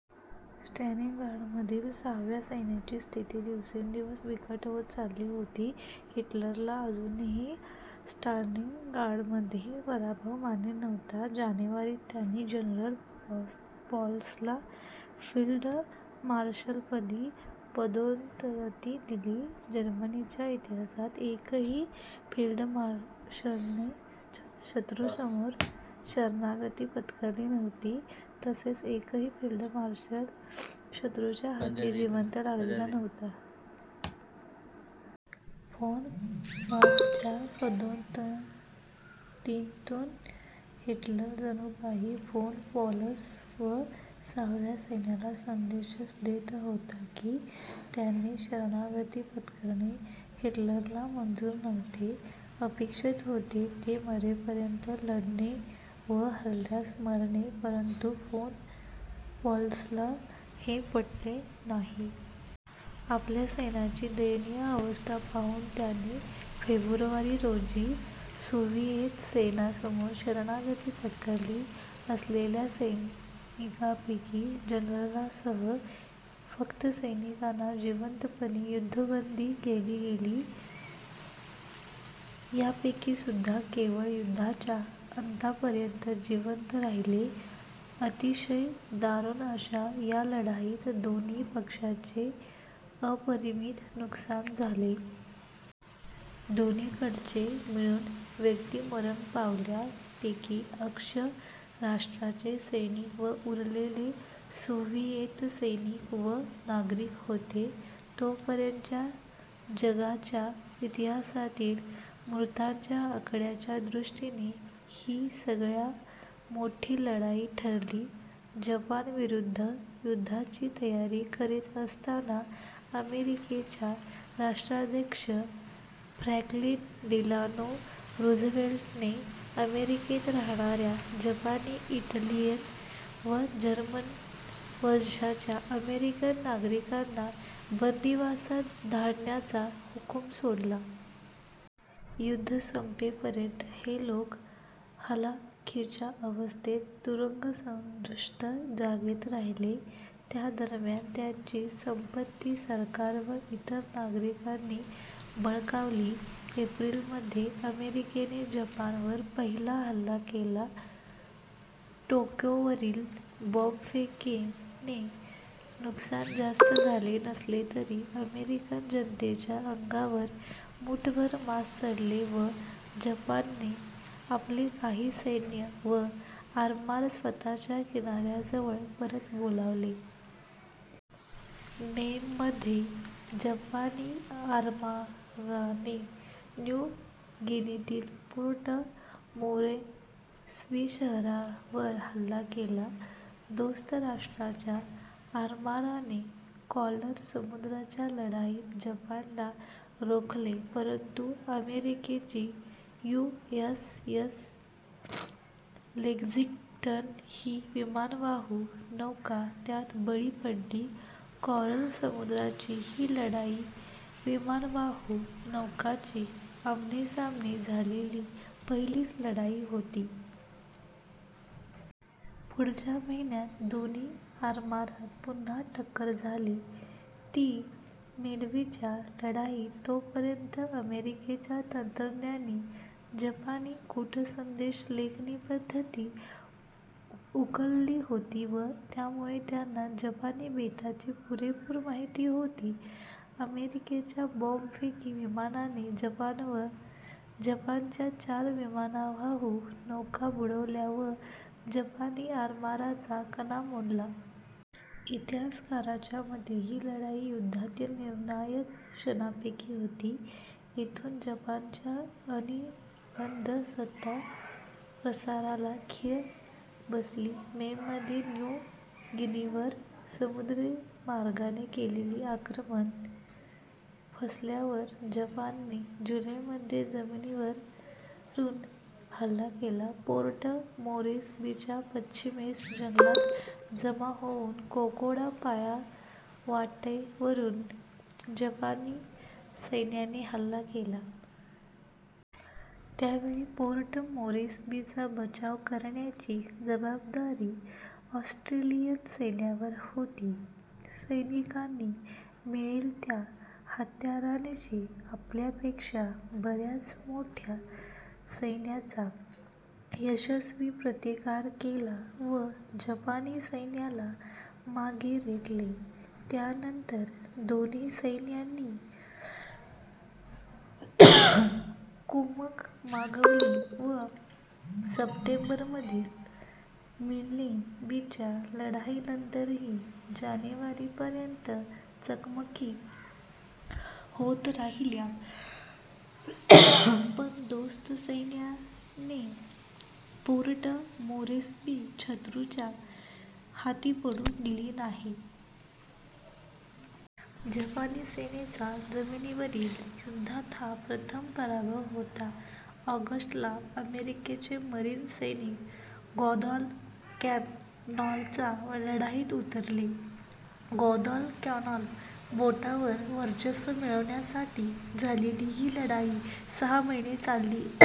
स्टालिनग्राडमधील सहाव्या सैन्याची स्थिती दिवसेंदिवस बिकट होत चालली होती. हिटलरला अजूनही स्टालिनग्राडमध्ये पराभव मान्य नव्हता. जानेवारीत त्याने जनरल पॉलसला फील्डमार्शलपदी पदोन्नती दिली. जर्मनीच्या इतिहासात एकाही फील्डमार्शलने शत्रूसमोर शरणागती पत्करली नव्हती तसेच एकही फील्डमार्शल शत्रूच्या हाती जिवंत लागलेला नव्हता. फोन पॉलसच्या पदोन्नतीतून हिटलर जणू काही फोन पॉलस व सहाव्या सैन्याला संदेशच देत होता की त्यांनी शरणागती पत्करणे हिटलरला मंजूर नव्हते. अपेक्षित होते ते मरेपर्यंत लढणे व हरल्यास मरणे. परंतु फोन पॉलसला हे पटले नाही. आपल्या सैन्याची दयनीय अवस्था पाहून त्याने फेब्रुवारी रोजी सोव्हिएत सैन्यासमोर शरणागती पत्करली. असलेल्या सैनिकांपैकी जनरलांसह फक्त सैनिकांना जिवंतपणी युद्धबंदी केले गेले. यांपैकीसुद्धा केवळ युद्धाच्या अंतापर्यंत जिवंत राहिले. अतिशय दारुण अशा या लढाईत दोन्ही पक्षांचे अपरिमित नुकसान झाले. दोन्हीकडचे मिळून व्यक्ती मरण पावल्या. पैकी अक्ष राष्ट्रांचे सैनिक व उरलेले सोव्हिएत सैनिक व नागरिक होते. तोपर्यंतच्या जगाच्या इतिहासातील मृतांच्या आकड्याच्या दृष्टीने ही सगळ्या मोठी लढाई ठरली. जपानविरुद्ध युद्धाची तयारी करीत असताना अमेरिकेच्या राष्ट्राध्यक्ष फ्रॅंकलिन डिलानो रूझवेल्टने अमेरिकेत राहणाऱ्या जपानी, इटालियन व जर्मन वंशाच्या अमेरिकन नागरिकांना बंदिवासात धाडण्याचा हुकुम सोडला. युद्ध संपेपर्यंत हे लोक हलाखीच्या अवस्थेत तुरुंगसदृश जागेत राहिले. त्यादरम्यान त्यांची संपत्ती सरकार व इतर नागरिकांनी बळकावली. एप्रिल मध्ये अमेरिकेने जपानवर पहिला हल्ला केला. टोक्योवरील बॉम्बफेकीने नुकसान जास्त झाले नसले तरी अमेरिकन जनतेच्या अंगावर मूठभर मांस चढले व जपानने आपले काही सैन्य व आरमार स्वतःच्या किनाऱ्याजवळ परत बोलावले. मेमध्ये जपानी आरमाराने न्यू गिनीतील पोर्ट मोरेस्बी शहरावर हल्ला केला. दोस्त राष्ट्रांच्या आरमाराने कॉरल समुद्राच्या लढाईत जपानला रोखले परंतु अमेरिकेची यु. एस. एस. लेक्झिंग्टन ही विमानवाहू नौका त्यात बळी पडली. कॉरल समुद्राची ही लढाई विमानवाहू नौकांची आमनेसामने झालेली पहिलीच लढाई होती. पुढच्या महिन्यात दोन्ही आरमारात पुन्हा टक्कर झाली ती मिडवेच्या लढाईत. तोपर्यंत अमेरिकेच्या तंत्रज्ञांनी जपानी कूटसंदेशलेखनपद्धती उकलली होती व त्यामुळे त्यांना जपानी बेतांची पूरेपूर माहिती होती. अमेरिकेच्या बॉम्बफेकी विमानांनी जपानच्या चार विमानवाहू नौका बुडवल्या व जपानी आरमाराचा कणा मोडला. इतिहासकारांच्या मते ही लढाई युद्धातील निर्णायक क्षणांपैकी होती. येथून जपानच्या अनिर्बंध सत्ताप्रसाराला खीळ बसली. मेमध्ये न्यू गिनीवर समुद्रीमार्गाने केलेले आक्रमण फसल्यावर जपानने जुलैमध्ये जमिनीवरून हल्ला केला. पोर्ट मोरेस्बीच्या पश्चिमेस जंगलात जमा होऊन कोकोडा पायवाटेवरून जपानी सैन्याने हल्ला केला. त्यावेळी पोर्ट मोरेस्बीचा बचाव करण्याची जबाबदारी ऑस्ट्रेलियन सैन्यावर होती. सैनिकांनी मिळेल त्या हत्यारांनिशी आपल्यापेक्षा बऱ्याच मोठ्या सैन्याचा यशस्वी प्रतिकार केला व जपानी सैन्याला मागे रेटले. यानंतर दोन्ही सैन्यांनी कुमक मागवली व सप्टेंबरमधील मिल्ने बेच्या लढाईनंतरही जानेवारी पर्यंत चकमकी होत राहिल्या पण दोस्त सैन्याने पोर्ट मोरेस्बी शत्रूच्या हाती पडू दिले नाही. जपानी सेनेचा जमिनीवरील युद्धात हा प्रथम पराभव होता. ऑगस्ट ला अमेरिकेचे मरीन सैनिक ग्वादालकॅनालच्या लढाईत उतरले. ग्वादालकॅनाल बेटावर वर्चस्व मिळवण्यासाठी झालेली ही लढाई सहा महिने चालली.